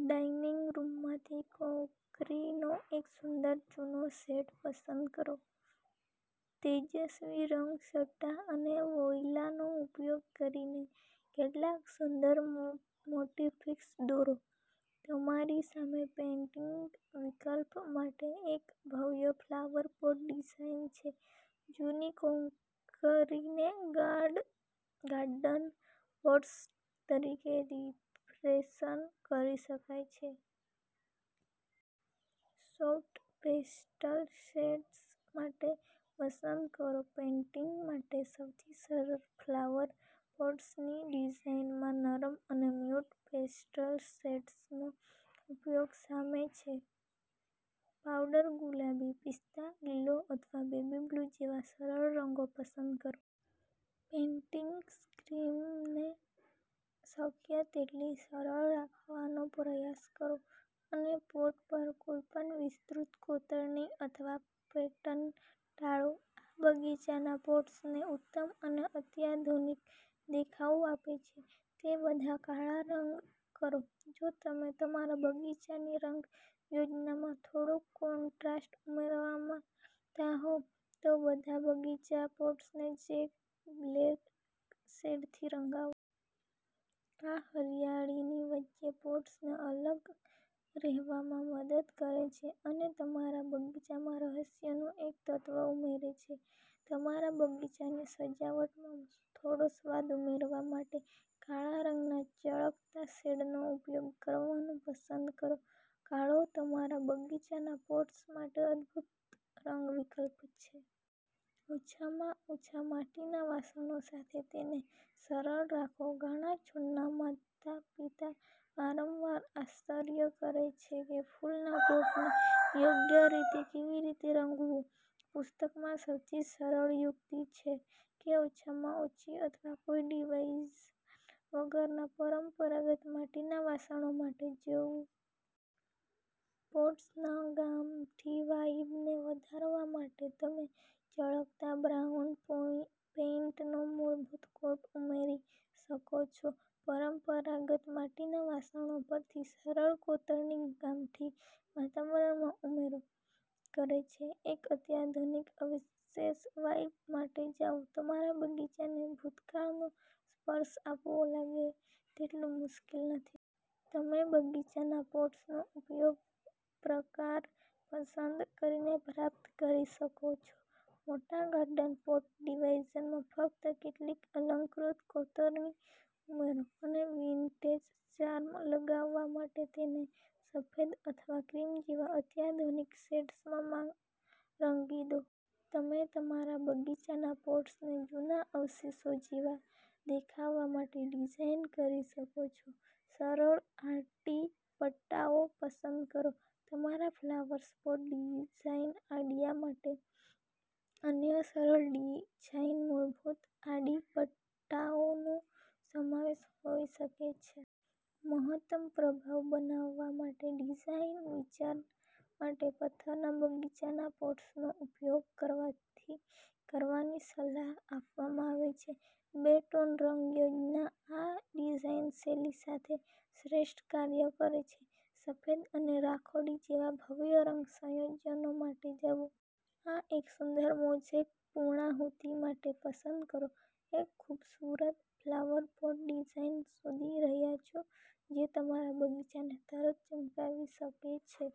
Dining રૂમમાંથી ક્રોકરીનો એક સુંદર જૂનો સેટ પસંદ કરો, તેજસ્વી રંગછટા અને વોઇલાનો ઉપયોગ કરીને કેટલાક સુંદર મોટિફ્સ દોરો! તમારી સામે પેઇન્ટિંગ વિકલ્પ માટે એક ભવ્ય ફ્લાવર પોટ ડિઝાઇન છે. જૂની ક્રોકરીને ગાર્ડન પોટ્સ તરીકે રિફેશન કરી શકાય છે. સોફ્ટ પેસ્ટલ શેડ્સ માટે પસંદ કરો પેઇન્ટિંગ માટે સૌથી સરળ ફ્લાવર પોટ્સની ડિઝાઇનમાં નરમ અને મ્યૂટ પેસ્ટલ શેડ્સનો ઉપયોગ શામેલ છે. પાવડર ગુલાબી, પિસ્તા લીલો અથવા બેબી બ્લુ જેવા સરળ રંગો પસંદ કરો. પેઇન્ટિંગ સ્કીમને શક્ય તેટલી સરળ રાખવાનો પ્રયાસ કરો અને પોટ પર કોઈપણ વિસ્તૃત કોતરણી અથવા પેટર્ન ટાળો. આ બગીચાના પોટ્સને ઉત્તમ અને અત્યાધુનિક દેખાવ આપે છે. તે બધા કાળા રંગ કરો જો તમે તમારા બગીચાની રંગ યોજનામાં થોડો કોન્ટ્રાસ્ટ ઉમેરવા માંગતા હો, તો બગીચાના પોટ્સને જેટ બ્લેક શેડથી રંગાવો. આ હરિયાળીની વચ્ચે પોટ્સને અલગ રહેવામાં મદદ કરે છે અને તમારા બગીચામાં રહસ્યનું એક તત્વ ઉમેરે છે. તમારા બગીચાની સજાવટમાં થોડો સ્વાદ ઉમેરવા માટે કાળા રંગના ચળકતા શેડનો ઉપયોગ કરવાનું પસંદ કરો. કાળો તમારા બગીચાના પોટ્સ માટે અદભૂત રંગ વિકલ્પ છે. ઓછામાં ઓછા માટીના વાસણો સાથે તેને સરળ રાખો ઘણા છોડના માતાપિતા વારંવાર આશ્ચર્ય કરે છે કે ફૂલના પોટને યોગ્ય રીતે કેવી રીતે રંગવું. પુસ્તકમાં સૌથી સરળ યુક્તિ છે કે ઓછામાં ઓછી અથવા કોઈ ડિઝાઇન વગરના પરંપરાગત માટીના વાસણો માટે જવું. પોટ્સના ગામઠી વાઇબને વધારવા માટે તમે ચળકતા બ્રાઉન પેઇન્ટનો મૂળભૂત કોટ ઉમેરી શકો છો. પરંપરાગત માટીના વાસણો પરની સરળ કોતરણી ગામઠી વાતાવરણમાં ઉમેરો કરે છે. એક અત્યાધુનિક અવશેષ વાઇબ માટે જાઓ તમારા બગીચાને ભૂતકાળનો સ્પર્શ આપવો લાગે તેટલું મુશ્કેલ નથી. તમે બગીચાના પોટ્સનો યોગ્ય પ્રકાર પસંદ કરીને પ્રાપ્ત કરી શકો છો. મોટા ગાર્ડન પોટ ડિઝાઇનમાં ફક્ત કેટલીક અલંકૃત કોતરણી ઉમેરો અને વિન્ટેજ ચાર્મ લાવવા માટે તેને સફેદ અથવા ક્રીમ જેવા અત્યાધુનિક શેડ્સમાં રંગી દો. તમે તમારા બગીચાના પોટને જૂના અવશેષો જેવા દેખાવા માટે ડિઝાઇન કરી શકો છો. સરળ આડી પટ્ટાઓ પસંદ કરો તમારા ફ્લાવર પોટ ડિઝાઇન આઇડિયા માટે અન્ય સરળ ડિઝાઇન મૂળભૂત આડી પટ્ટાઓનો સમાવેશ હોઈ શકે છે. મહત્તમ પ્રભાવ બનાવવા માટે ડિઝાઇન વિચાર માટે પથ્થરના બગીચાના પોટ્સનો ઉપયોગ કરવાની સલાહ આપવામાં આવે છે. બે-ટોન રંગ યોજના આ ડિઝાઇન શૈલી સાથે શ્રેષ્ઠ કાર્ય કરે છે. સફેદ અને રાખોડી જેવા ભવ્ય રંગ સંયોજનો માટે જાઓ. એક સુંદર મોઝેક પૂર્ણાહુતિ માટે પસંદ કરો એક ખૂબસૂરત ફ્લાવર પોટ ડિઝાઇન શોધી રહ્યાં છો જે તમારા બગીચાને તરત ચમકાવી શકે?